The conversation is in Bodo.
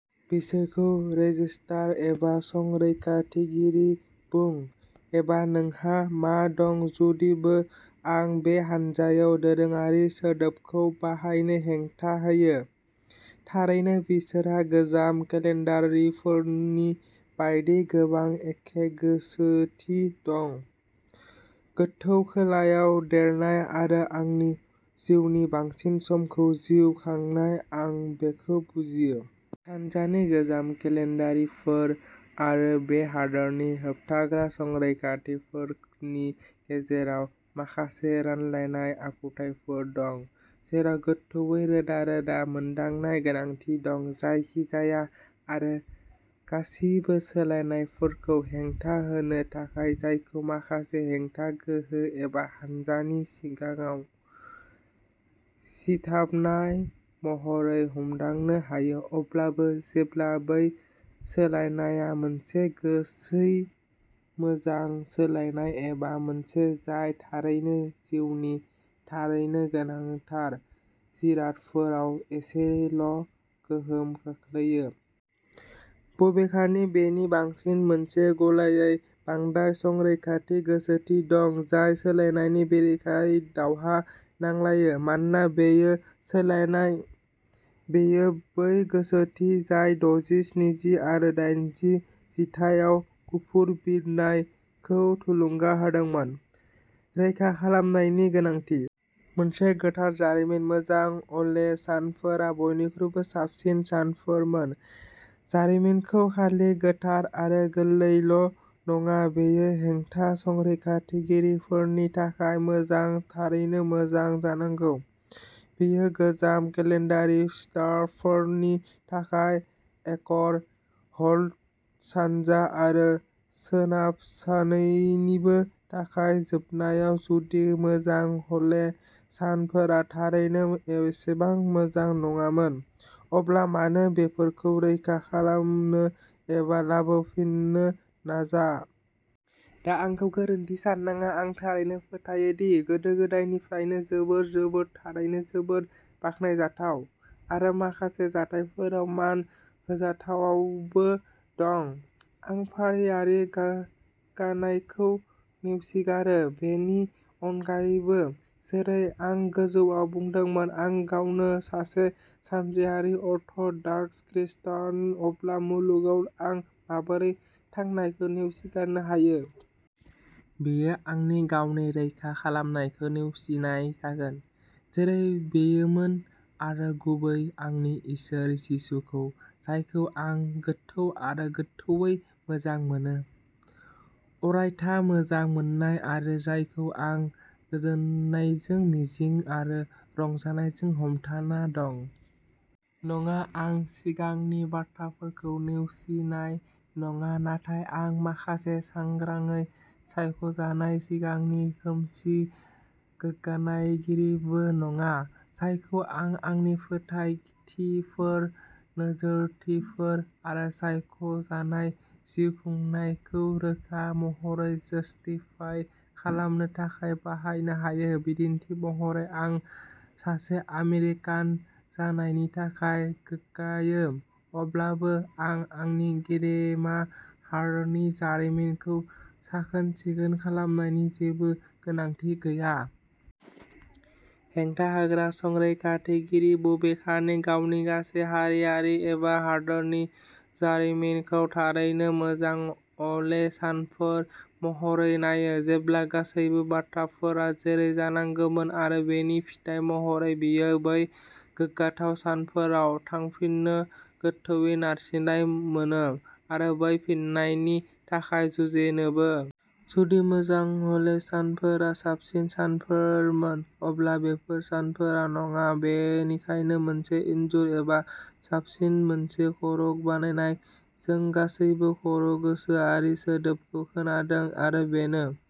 बिसोरखौ "रेजिस्टार" एबा "संरैखाथिगिरि" बुं एबा नोंहा मा दं जुदिबो आं बे हान्जायाव "दोरोङारि" सोदोबखौ बाहायनो हेंथा होयो। थारैनो बिसोरहा गोजाम केलेन्डारारिफोरनि बायदि गोबां एखे गोसोथि दं। गोथौ खोलायाव देरनाय आरो आंनि जिउनि बांसिन समखौ जिउ खांनाय आं बेखौ बुजियो। सानजानि गोजाम केलेन्डारारिफोर आरो बे हादोरनि होबथाग्रा संरैखाथिफोरनि गेजेराव माखासे रानलायनाय आखुथायफोर दं जेराव गोथौवै रोदा-रोदा मोनदांनाय-गोनांथि दं जायखिजाया आरो गासिबो सोलायनायफोरखौ हेंथा होनो थाखाय जायखौ माखासे हेंथा गोहो एबा हान्जानि सिगाङाव सिथाबनाय महरै हमदांनो हायो अब्लाबो जेब्ला बै सोलायनायआ मोनसे गासै मोजां सोलायनाय एबा मोनसे जाय थारैनो जिउनि थारैनो गोनांथार जिरादफोराव एसेल' गोहोम खोख्लैयो। बबेखानि बेनि बांसिन मोनसे गलायगैयै बांद्राय-संरैखाथि गोसोथि दं जाय सोलायनायनि बेरेखायै दावहा नांलायो मानोना बेयो सोलायनाय। बेयो बै गोसोथि जाय दजि, स्निजि आरो डाइनजि जिथाइयाव "गुफुर बिरनाय" खौ थुलुंगा होदोंमोन। रैखा खालामनायनि गोनांथि। मोनसे गोथार जारिमिन। मोजां अले सानफोरा बयनिख्रुइ साबसिन सानफोरमोन। जारिमिनखौ खालि गोथार आरो गोरलैल' नङा बेयो हेंथा-संरैखाथिगिरिफोरनि थाखाय मोजां थारैनो मोजां जानांगौ। बेयो गोजाम केलेन्डारिस्टफोरनि थाखाय एंकर-होल्ड सानजा आरो सोनाब सान्नैनिबो थाखाय जोबनायाव जुदि मोजां अले सानफोरा थारैनो एसेबां मोजां नङामोन अब्ला मानो बेफोरखौ रैखा खालामनो एबा लाबोफिननो नाजा? दा आंखौ गोरोन्थि साननाङा। आं थारैनो फोथायो दि गोदो-गोदायनिफ्राय जोबोद जोबोद थारैनो जोबोद बाखनायजाथाव आरो माखासे जाथायफोराव मान होजाथावबो दं। आं फारिआरि गोग्गानायखौ नेवसिगारो बेनि अनगायैबो जेरै आं गोजौआव बुंदोंमोन आं गावनो सासे सानजायारि अर्थ'डक्स खृस्टान अब्ला मुलुगाव आं माबोरै थांनायखौ नेवसिगारनो हायो? बेयो आंनि गावनि रैखा खालामनायखौ नेवसिनाय जागोन जेरै बेयोमोन आरो गुबैयै आंनि इसोर जिसुखौ जायखौ आं गोथौ आरो गोथौवै मोजां मोनो। अरायथा मोजां मोननाय आरो जायखौ आं गोजोननायजों मिजिं आरो रंजानायजों हमथाना दं। नङा, आं सिगांनि बाथ्राफोरखौ नेवसिनाय नङा नाथाय आं माखासे सांग्राङै सायख'जानाय सिगांनि खोमसि गोग्गानायगिरिबो नङा जायखौ आं आंनि फोथायथिफोर नोजोरथिफोर आरो सायख' जानाय जिउखुंनायखौ रोखा महरै जस्टिफाइ खालामनो थाखाय बाहायनो हायो। बिदिन्थि महरै आं सासे आमेरिकान जानायनि थाखाय गोग्गायो अब्लाबो आं आंनि गेदेमा हादोरनि जारिमिनखौ "साखोन-सिखोन" खालामनायनि जेबो गोनांथि गैया। हेंथा होग्रा-संरैखाथिगिरि बबेखानि गावनि गासै हारियारि एबा हादोरारि जारिमिनखौ थारैनो "मोजां अ'ले सानफोर" महरै नायो जेब्ला गासैबो बाथ्राफोरा जेरै जानांगौमोन आरो बेनि फिथाइ महरै बियो बै गोग्गाथाव सानफोराव थांफिननो गोथौवै नारसिननाय मोनो आरो बै फैफिन्नायनि थाखाय जुजिनोबो। जुदि मोजां अले सानफोरा साबसिन सानफोरमोन अब्ला बेफोर सानफोरा नङा। बेनिखायनो मोनसे इनजुर एबा साबसिन मोनसे खरं बानाय। जों गासैबो "खरं गोसोआरि" सोदोबखौ खोनादों आरो बेनो।